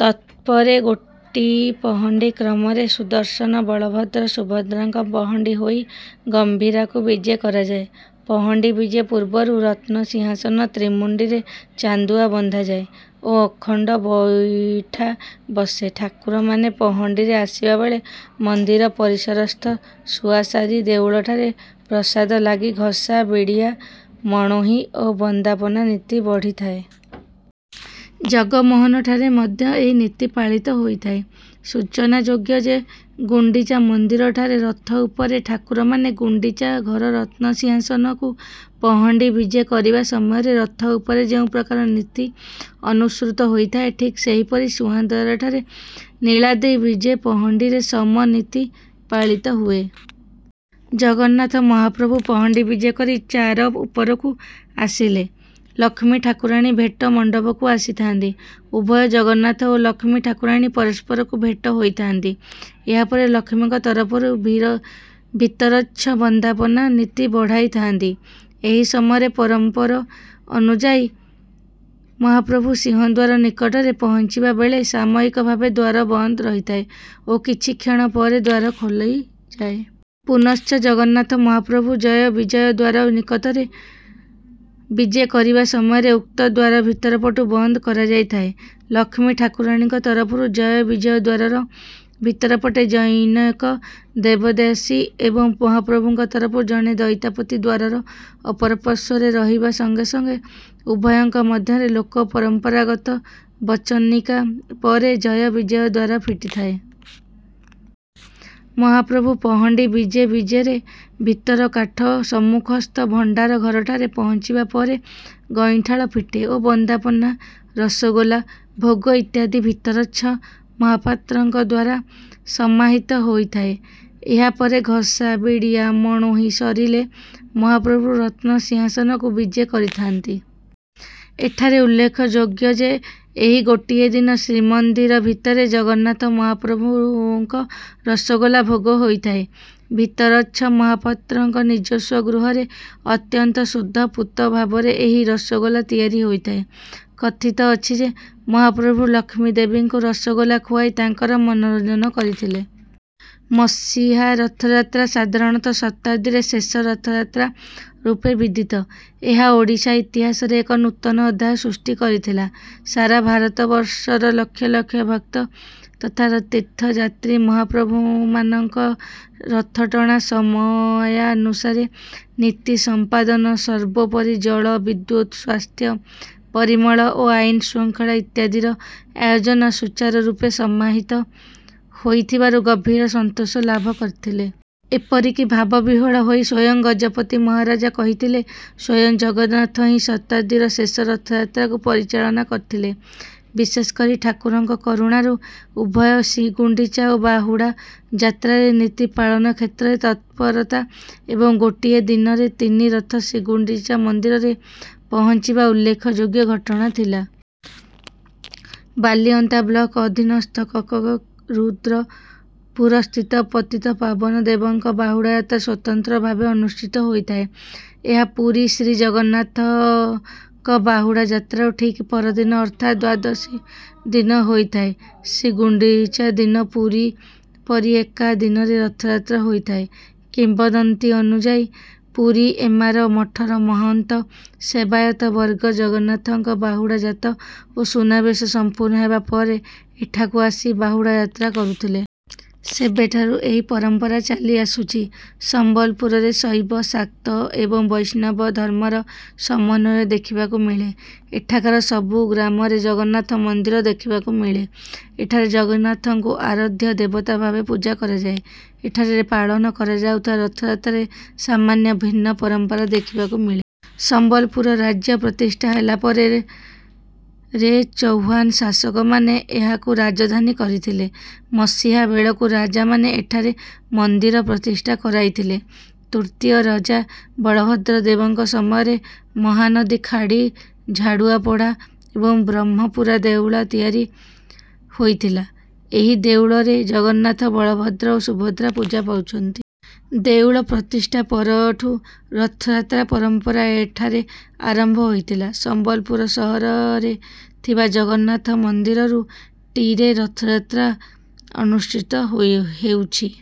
ତତ୍ପରେ ଗୋଟି ପହଣ୍ଡି କ୍ରମରେ ସୁଦର୍ଶନ, ବଳଭଦ୍ର, ସୁଭଦ୍ରାଙ୍କ ପହଣ୍ଡି ହୋଇ ଗମ୍ଭୀରାକୁ ବିଜେ କରାଯାଏ। ପହଣ୍ଡି ବିଜେ ପୂର୍ବରୁ ରତ୍ନସିଂହାସନ ତ୍ରିମୁଣ୍ଡିରେ ଚାନ୍ଦୁଆ ବନ୍ଧାଯାଏ ଓ ଅଖଣ୍ଡ ବଇଠା ବସେ। ଠାକୁରମାନେ ପହଣ୍ଡିରେ ଆସିବାବେଳେ ମନ୍ଦିର ପରିସରସ୍ଥ ଶୁଆଶାରୀ ଦେଉଳଠାରେ ପ୍ରସାଦ ଲାଗି, ଘସା, ବିଡିଆ ମଣୋହି ଓ ବନ୍ଦାପନା ନୀତି ବଢ଼ିଥାଏ। ଜଗମୋହନଠାରେ ମଧ୍ୟ ଏହି ନୀତି ପାଳିତ ହୋଇଥାଏ। ସୂଚନାଯୋଗ୍ୟ ଯେ, ଗୁଣ୍ଡିଚା ମନ୍ଦିରଠାରେ ରଥ ଉପରୁ ଠାକୁରମାନେ ଗୁଣ୍ଡିଚା ଘର ରତ୍ନସିଂହାସନକୁ ପହଣ୍ଡି ବିଜେ କରିବା ସମୟରେ ରଥ ଉପରେ ଯେଉଁ ପ୍ରକାର ନୀତି ଅନୁସୃତ ହୋଇଥାଏ, ଠିକ୍ ସେହିପରି ସିଂହଦ୍ୱାରଠାରେ ନୀଳାଦ୍ରି ବିଜେ ପହଣ୍ଡିରେ ସମ ନୀତି ପାଳିତ ହୁଏ। ଜଗନ୍ନାଥ ମହାପ୍ରଭୁ ପହଣ୍ଡି ବିଜେ କରି ଚାର ଉପରକୁ ଆସିଲେ ଲକ୍ଷ୍ମୀ ଠାକୁରାଣୀ ଭେଟ ମଣ୍ଡପକୁ ଆସିଥାନ୍ତି। ଉଭୟ ଜଗନ୍ନାଥ ଓ ଲକ୍ଷ୍ମୀ ଠାକୁରାଣୀ ପରସ୍ପରକୁ ଭେଟ ହୋଇଥାନ୍ତି। ଏହାପରେ ଲକ୍ଷ୍ମୀଙ୍କ ତରଫରୁ ଭିତରଚ୍ଛ ବନ୍ଦାପନା ନୀତି ବଢ଼ାଇଥାନ୍ତି। ଏହି ସମୟରେ ପରମ୍ପର ଅନୁଯାୟୀ ମହାପ୍ରଭୁ ସିଂହଦ୍ୱାର ନିକଟରେ ପହଞ୍ଚିବା ବେଳେ ସାମୟିକ ଭାବେ ଦ୍ୱାର ବନ୍ଦ ରହିଥାଏ ଓ କିଛି କ୍ଷଣ ପରେ ଦ୍ୱାର ଖୋଲିଯାଏ। ପୁନଶ୍ଚ ଜଗନ୍ନାଥ ମହାପ୍ରଭୁ ଜୟ ବିଜୟ ଦ୍ୱାର ନିକତରେ ବିଜେ କରିବା ସମୟରେ ଉକ୍ତ ଦ୍ୱାର ଭିତର ପଟୁ ବନ୍ଦ କରାଯାଇଥାଏ। ଲକ୍ଷ୍ମୀ ଠାକୁରାଣୀଙ୍କ ତରଫରୁ ଜୟ ବିଜୟ ଦ୍ୱାରର ଭିତର ପଟେ ଜନୈକ ଦେବଦାସୀ ଏବଂ ମହାପ୍ରଭୁଙ୍କ ତରଫରୁ ଜଣେ ଦଇତାପତି ଦ୍ୱାରର ଅପରପାର୍ଶ୍ୱରେ ରହିବା ସଙ୍ଗେ ସଙ୍ଗେ ଉଭୟଙ୍କ ମଧ୍ୟରେ ଲୋକ ପରମ୍ପରାଗତ ବଚନିକା ପରେ ଜୟ ବିଜୟ ଦ୍ୱାର ଫିଟିଥାଏ। ମହାପ୍ରଭୁ ପହଣ୍ଡି ବିଜେ ବିଜେରେ ଭିତର କାଠ ସମ୍ମୁଖସ୍ଥ ଭଣ୍ଡାର ଘରଠାରେ ପହଞ୍ଚିବା ପରେ ଗଇଁଠାଳ ଫିଟେ ଓ ବନ୍ଦାପନା, ରସ ଗୋଲା ଭୋଗ ଇତ୍ୟାଦି ଭିତରଚ୍ଛ ମହାପାତ୍ରଙ୍କଦ୍ୱାରା ସମାହିତ ହୋଇଥାଏ। ଏହା ପରେ ଘସା, ବିଡିଆ ମଣୋହି ସରିଲେ ମହାପ୍ରଭୁ ରତ୍ନସିଂହାସନକୁ ବିଜେ କରିଥାନ୍ତି। ଏଠାରେ ଉଲ୍ଲେଖଯୋଗ୍ୟ ଯେ, ଏହି ଗୋଟିଏ ଦିନ ଶ୍ରୀମନ୍ଦିର ଭିତରେ ଜଗନ୍ନାଥ ମହାପ୍ରଭୁଙ୍କ ରସଗୋଲା ଭୋଗ ହୋଇଥାଏ। ଭିତରଚ୍ଛ ମହାପାତ୍ରଙ୍କ ନିଜସ୍ୱ ଗୃହରେ ଅତ୍ୟନ୍ତ ଶୁଦ୍ଧ ପୂତ ଭାବରେ ଏହି ରସଗୋଲା ତିଆରି ହୋଇଥାଏ। କଥିତ ଅଛି ଯେ, ମହାପ୍ରଭୁ ଲକ୍ଷ୍ମୀଦେବୀଙ୍କୁ ରସଗୋଲା ଖୁଆଇ ତାଙ୍କର ମନୋରଞ୍ଜନ କରିଥିଲେ। ମସିହା ରଥଯାତ୍ରା ସାଧାରଣତଃ ଶତାବ୍ଦୀର ଶେଷ ରଥଯାତ୍ରା ରୂପେ ବିଦିତ। ଏହା ଓଡ଼ିଶା ଇତିହାସରେ ଏକ ନୂତନ ଅଧ୍ୟାୟ ସୃଷ୍ଟି କରିଥିଲା। ସାରା ଭାରତ ବର୍ଷର ଲକ୍ଷ ଲକ୍ଷ ଭକ୍ତ ତଥା ତୀର୍ଥଯାତ୍ରୀ ମହାପ୍ରଭୁମାନଙ୍କ ରଥଟଣା, ସମୟାନୁସାରେ ନୀତି ସମ୍ପାଦନ, ସର୍ବୋପରି ଜଳ, ବିଦ୍ୟୁତ, ସ୍ୱାସ୍ଥ୍ୟ, ପରିମଳ ଓ ଆଇନ ଶୃଙ୍ଖଳା ଇତ୍ୟାଦିର ଆୟୋଜନ ସୂଚାରରୂପେ ସମାହିତ ହୋଇଥିବାରୁ ଗଭୀର ସନ୍ତୋଷ ଲାଭ କରିଥିଲେ। ଏପରିକି ଭାବବିହ୍ୱଳ ହୋଇ ସ୍ୱଂୟ ଗଜପତି ମହାରାଜା କହିଥିଲେ: ସ୍ୱଂୟ ଜଗନ୍ନାଥ ହିଁ ଶତାବ୍ଦୀର ଶେଷ ରଥଯାତ୍ରାକୁ ପରିଚାଳନା କରିଥିଲେ। ବିଶେଷ କରି ଠାକୁରଙ୍କ କରୁଣାରୁ ଉଭୟ ଶ୍ରୀଗୁଣ୍ଡିଚା ଓ ବାହୁଡା ଯାତ୍ରାରେ ନୀତି ପାଳନ କ୍ଷେତ୍ରରେ ତତ୍ପରତା ଏବଂ ଗୋଟିଏ ଦିନରେ ତିନି ରଥ ଶ୍ରୀଗୁଣ୍ଡିଚା ମନ୍ଦିରରେ ପହଞ୍ଚିବା ଉଲ୍ଲେଖଯୋଗ୍ୟ ଘଟଣା ଥିଲା। ବାଲିଅନ୍ତା ବ୍ଲକ ଅଧିନସ୍ଥ କକକରୁଦ୍ରପୁରସ୍ଥିତ ପତିତପାବନଦେବଙ୍କ ବାହୁଡ଼ା ଯାତ୍ରା ସ୍ୱତନ୍ତ୍ର ଭାବେ ଅନୁଷ୍ଠିତ ହୋଇଥାଏ। ଏହା ପୁରୀ ଶ୍ରୀ ଜଗନ୍ନାଥଙ୍କ ବାହୁଡ଼ା ଯାତ୍ରାର ଠିକ ପରଦିନ ଅର୍ଥାତ ଦ୍ୱାଦଶୀ ଦିନ ହୋଇଥାଏ। ଶ୍ରୀଗୁଣ୍ଡିଚା ଦିନ ପୁରୀ ପରି ଏକା ଦିନରେ ରଥଯାତ୍ରା ହୋଇଥାଏ। କିମ୍ବଦନ୍ତୀ ଅନୁଯାୟୀ ପୁରୀ ଏମାର ମଠର ମହନ୍ତ ସେବାୟତ ବର୍ଗ ଜଗନ୍ନାଥଙ୍କ ବାହୁଡ଼ା ଯାତ ଓ ସୁନାବେଶ ସମ୍ପୂର୍ଣ୍ଣ ହେବା ପରେ ଏଠାକୁ ଆସି ବାହୁଡ଼ା ଯାତ୍ରା କରୁଥିଲେ। ସେବେଠାରୁ ଏହି ପରମ୍ପରା ଚାଲି ଆସୁଛି। ସମ୍ବଲପୁରରେ ଶୈବ, ଶାକ୍ତ, ଏବଂ ବୈଷ୍ଣବ ଧର୍ମର ସମନ୍ୱୟ ଦେଖିବାକୁ ମିଳେ। ଏଠାକାର ସବୁ ଗ୍ରାମରେ ଜଗନ୍ନାଥ ମନ୍ଦିର ଦେଖିବାକୁ ମିଳେ। ଏଠାରେ ଜଗନ୍ନାଥଙ୍କୁ ଆରାଧ୍ୟ ଦେବତା ଭାବେ ପୂଜା କରାଯାଏ। ଏଠାରେ ପାଳନ କରାଯାଉଥିବା ରଥଯାତ୍ରାରେ ସାମାନ୍ୟ ଭିନ୍ନ ପରମ୍ପରା ଦେଖିବାକୁ ମିଳେ। ସମ୍ବଲପୁର ରାଜ୍ୟ ପ୍ରତିଷ୍ଠା ହେଲାପରେ ରେ ଚୌହାନ ଶାସକମାନେ ଏହାକୁ ରାଜଧାନୀ କରିଥିଲେ। ମସିହା ବେଳକୁ ରାଜାମାନେ ଏଠାରେ ମନ୍ଦିର ପ୍ରତିଷ୍ଠା କରାଇଥିଲେ। ତୃତୀୟ ରଜା ବଳଭଦ୍ର ଦେବଙ୍କ ସମୟରେ ମହାନଦୀ ଖାଡ଼ି ଝାଡ଼ୁଆପଡ଼ା ଏବଂ ବ୍ରହ୍ମପୁରା ଦେଉଳ ତିଆରି ହୋଇଥିଲା। ଏହି ଦେଉଳରେ ଜଗନ୍ନାଥ, ବଳଭଦ୍ର ଓ ସୁଭଦ୍ରା ପୂଜା ପାଉଛନ୍ତି। ଦେଉଳ ପ୍ରତିଷ୍ଠା ପରଠୁ ରଥଯାତ୍ରା ପରମ୍ପରା ଏଠାରେ ଆରମ୍ଭ ହୋଇଥିଲା। ସମ୍ବଲପୁର ସହରରେ ଥିବା ଜଗନ୍ନାଥ ମନ୍ଦିରରୁ ଟିରେ ରଥଯାତ୍ରା ଅନୁଷ୍ଠିତ ହେଉଛି।